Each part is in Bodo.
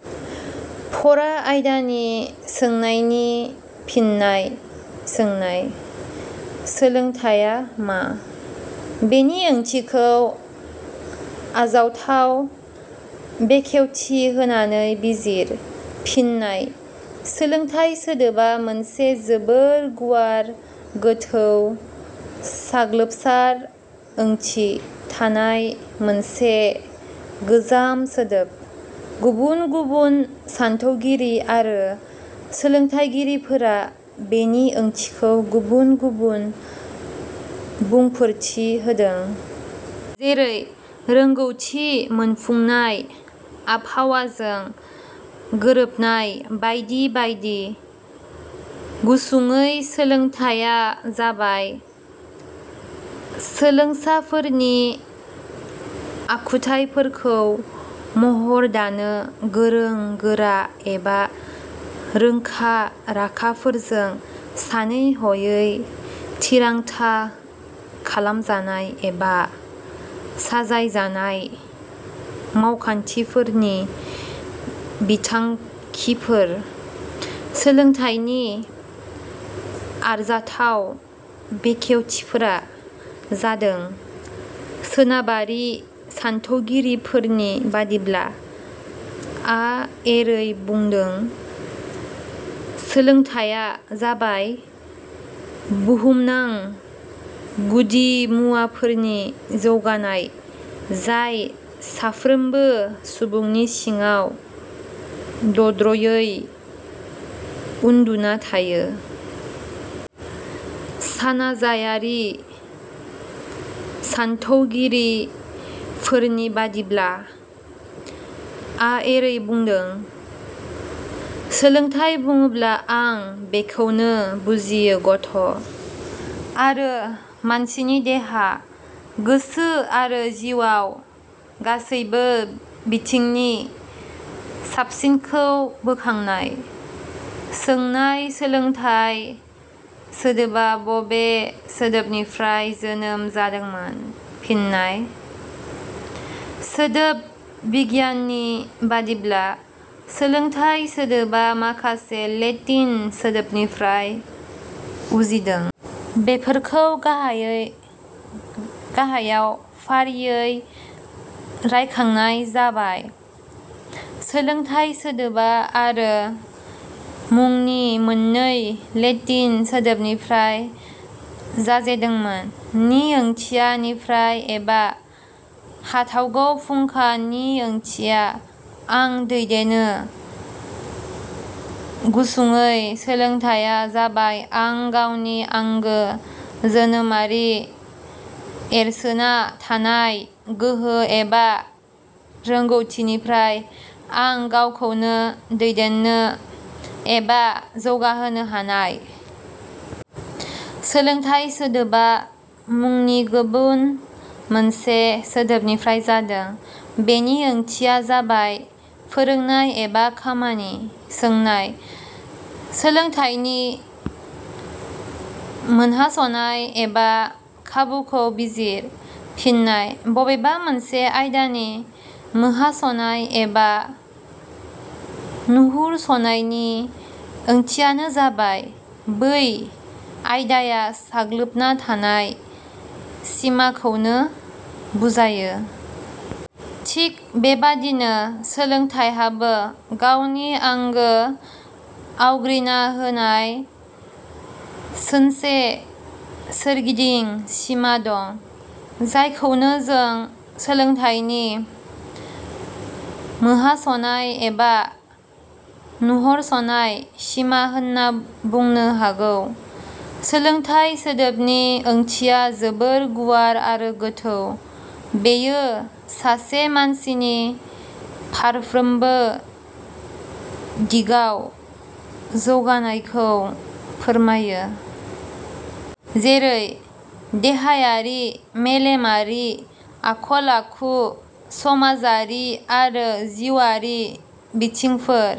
फरा आयदानि सोंनायनि फिननाय सोंनाय-.सोलोंथाइया मा? बेनि ओंथिखौ आजावथाव बेखेवथि होनानै बिजिर। फिननाय: सोलोंथाइ सोदोबा मोनसे जोबोर गुवार -गोथौ, साग्लोबसार ओंथि थानाय मोनसे गोजाम सोदोब। गुबुन गुबुन सानथौगिरि आरो सोलोंथाइगिरिफोरा बेनि ओंथिखौ गुबुन गुबुन बुंफोरथि होदों। जेरै-रोंगौथि मोनफुंनाय, आबहावाजों गोरोबनाय, बायदि बायदि। गुसुङै सोलोंथाइया जाबाय, सोलोंसाफोरनि आखुथाइफोरखौ महर दानो गोरों गोरा एबा रोंखा-राखाफोरजों सानै-हयै थिरांथा खालामजानाय एबा साजायजानाय मावखान्थिफोरनि बिथांखिफोर। सोलोंथाइनि आरजाथाव बेखेवथिफोरा जादों- सोनाबारि सानथौगिरिफोरनि बादिब्ला- आ एरै बुदों-" सोलोंथाइया जाबाय बुहुमनां गुदिमुवाफोरनि जौगानाय, जाय साफ्रोमबो सुबुंनि सिङाव दद्रयै उन्दुना थायो। " सानाजायारि सानथौगिरिफोरनि बादिब्ला –आ एरै बुंदों-"सोलोंथाइ बुङोब्ला आं बेखौनो बुजियो गथ' आरो मानसिनि देहा, गोसो आरो जिउवाव गासैबो बिथिंनि साबसिनखौ बोखांनाय। " सोंनाय-.सोलोंथाइ सोदोबा बबे सोदोबनिफ्राय जोनोम जादोंमोन? फिन्नाय:- सोदोब बिगियाननि बादिब्ला सोलोंथाइ सोदोबा माखासे लेटिन सोदोबनिफ्राय उजिदों। बेफोरखौ गाहायाव फारियै रायखांनाय जाबाय।. सोलोंथाइ सोदोबा '' आरो '' मुंनि मोन्नै लेटिन सोदोबनिफ्राय जाजेदोंमोन। '' नि ओंथिया 'निफ्राय एबा हाथावगौ फुंखा '' नि ओंथिया 'आं दैदेनो '। गुसुडैं, सोलोंथाइया जाबाय आं गावनि आंगो जोनोमारि एरसोना थानाय गोहो एबा रोंगौथिनिफ्राय आं गावखौनो दैदेन्नो एबा जौगाहोनो हानाय।. सोलोंथाइ सोदोबा मुंनि गुबुन मोनसे सोदोबनिफ्राय जादों। बेनि ओंथिया जाबाय- फोरोंनाय एबा खामानि। सोंनाय - सोलोंथाइनि मोनहासनाय एबा खाबुखौ बिजिर। फिन्नाय :- बबेबा मोनसे आयदानि मोहासनाय एबा नुहरस'नायनि ओंथियानो जाबाय बै आयदाया साग्लोबना थानाय सिमाखौनो बुजायो। थिक बेबादिनो सोलोंथाइहाबो गावनि आंगो आवग्रिना होनाय सोनसे सोरगिदिं सिमा दं। जायखौनो जों सोलोंथाइनि मोहासनाय एबा नुहरसनाय सिमा होन्ना बुंनो हागौ। सोलोंथाइ सोदोबनि ओंथिया जोबोर गुवार आरो गोथौ। बेयो सासे मानसिनि फारफ्रोमबो दिगाव जौगानायखौ फोरमायो। जेरै -देहायारि, मेलेमारि, आखल आखु, समाजारि आरो जिउवारि बिथिंफोर।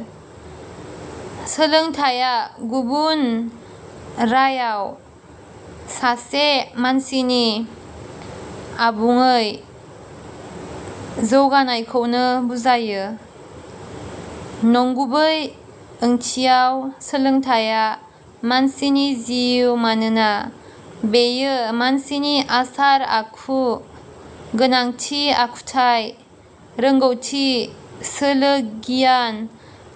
सोलोंथाइया गुबुन राआव सासे मानसिनि आबुङै जौगानायखौनो बुजायो। नंगुबै ओंथियाव सोलोंथाइया मानसिनि जिउ, मानोना बेयो मानसिनि आसार आखु, गोनांथि आखुथाइ, रोंगौथि, सोलो -गियान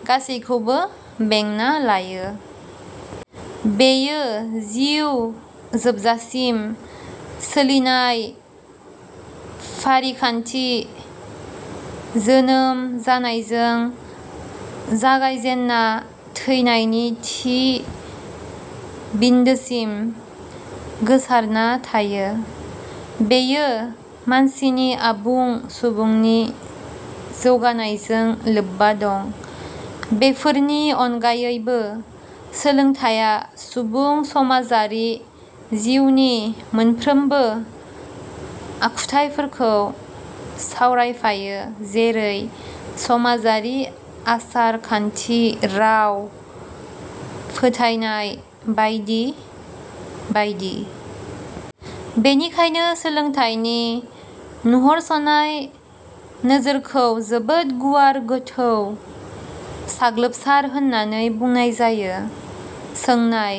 गासैखौबो बेंना लायो। बेयो जिउ जोबजासिम सोलिनाय फारिखान्थि। जोनोम जानायजों जागायजेन्ना थैनायनि थि बिन्दोसिम गोसारना थायो। बेयो मानसिनि आबुं सुबुंनि जौगानायजों लोबबा दं। बेफोरनि अनगायैबो सोलोंथाइया सुबुं समाजारि जिउनि मोनफ्रोमबो आखुथाइफोरखौ सावरायफायो। जेरै – समाजारि आसार-खान्थि, राव, फोथायनाय बायदि बायदि। बेनिखायनो सोलोंथाइनि नुहरसनाय नोजोरखौ जोबोद गुवार-गोथौ, साग्लोबसार होननानै बुंनाय जायो। सोंनाय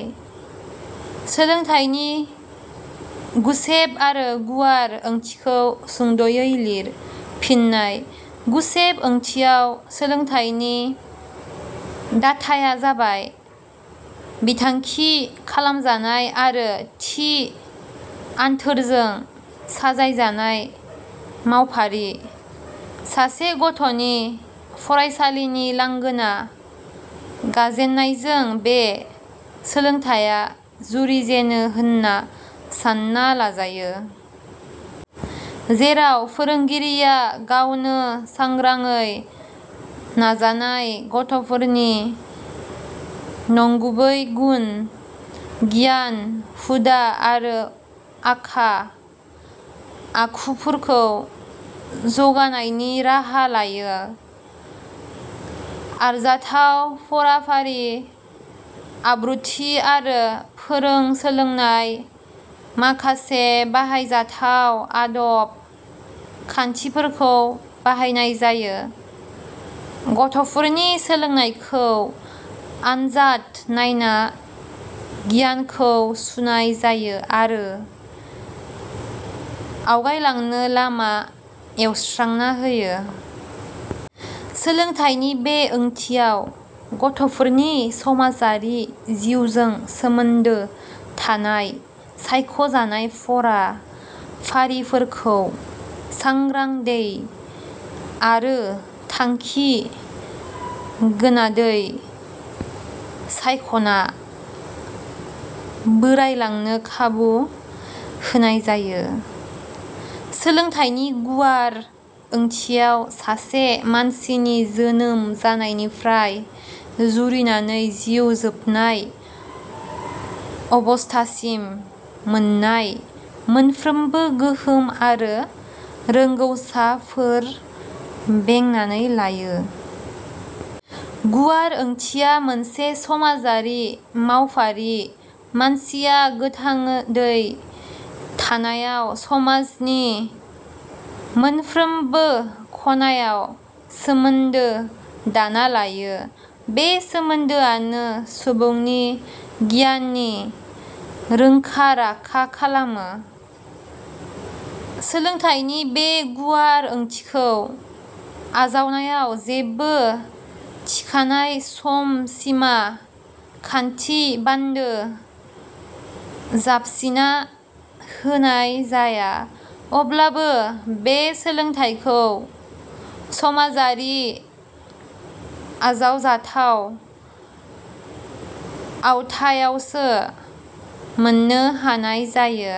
- सोलोंथाइनि गुसेब आरो गुवार ओंथिखौ सुंद'यै लिर। फिन्नाय: गुसेब ओंथियाव सोलोंथाइनि दाथाया जाबाय बिथांखि खालामजानाय आरो थि आनथोरजों साजायजानाय मावफारि। सासे गथ'नि फरायसालिनि लांगोना गाजेन्नायजों बे सोलोंथाइया जुरि जेनो होन्ना सान्ना लाजायो। जेराव फोरोंगिरिया गावनो सांग्रांयै नाजानाय गथ'फोरनि नंगुबै गुन – गियान, हुदा आरो आखा – आखुफोरखौ जौगानायनि राहा लायो। आरजाथाव फराफारि, आब्रुथि आरो फोरों-सोलोंनाय माखासे बाहायजाथाव आदब – खान्थिफोरखौ बाहायनाय जायो। गथ'फोरनि सोलोंनायखौ आनजाद नायना गियानखौ सुनाय जायो आरो आवगायलांनो लामा एवस्रांना होयो। सोलोंथाइनि बे ओंथियाव गथ'फोरनि समाजारि जिउजों सोमोन्दो थानाय सायख 'जानाय फरा फारिफोरखौ सांग्रांडै आरो थांखि गोनाडै सायख'ना बोरायलांनो खाबु होनाय जायो। सोलोंथाइनि गुवार ओंथियाव सासे मानसिनि जोनोम जानायनिफ्राय जुरिनानै जिउ जोबनाय अबस्थासिम मोन्नाय मोनफ्रोमबो गोहोम आरो रोंगौसाफोर बेंनानै लायो। गुवार ओंथिया मोनसे समाजारि मावफारि। मानसिया गोथांडै थानायाव समाजनि मोनफ्रोमबो ख 'नायाव सोमोन्दो दाना लायो। बे सोमोन्दोआनो सुबुंखौ गियाननि, रोंखा-राखा खालामो। सोलोंथाइनि बे गुवार ओंथिखौ आजावनायाव जेबो थिखानाय सम-सिमा, खान्थि -बान्दो जाबसिना होनाय जाया अब्लाबो बे सोलोंथाइखौ समाजारि आजावजाथाव आवथायावसो मोननो हानाय जायो।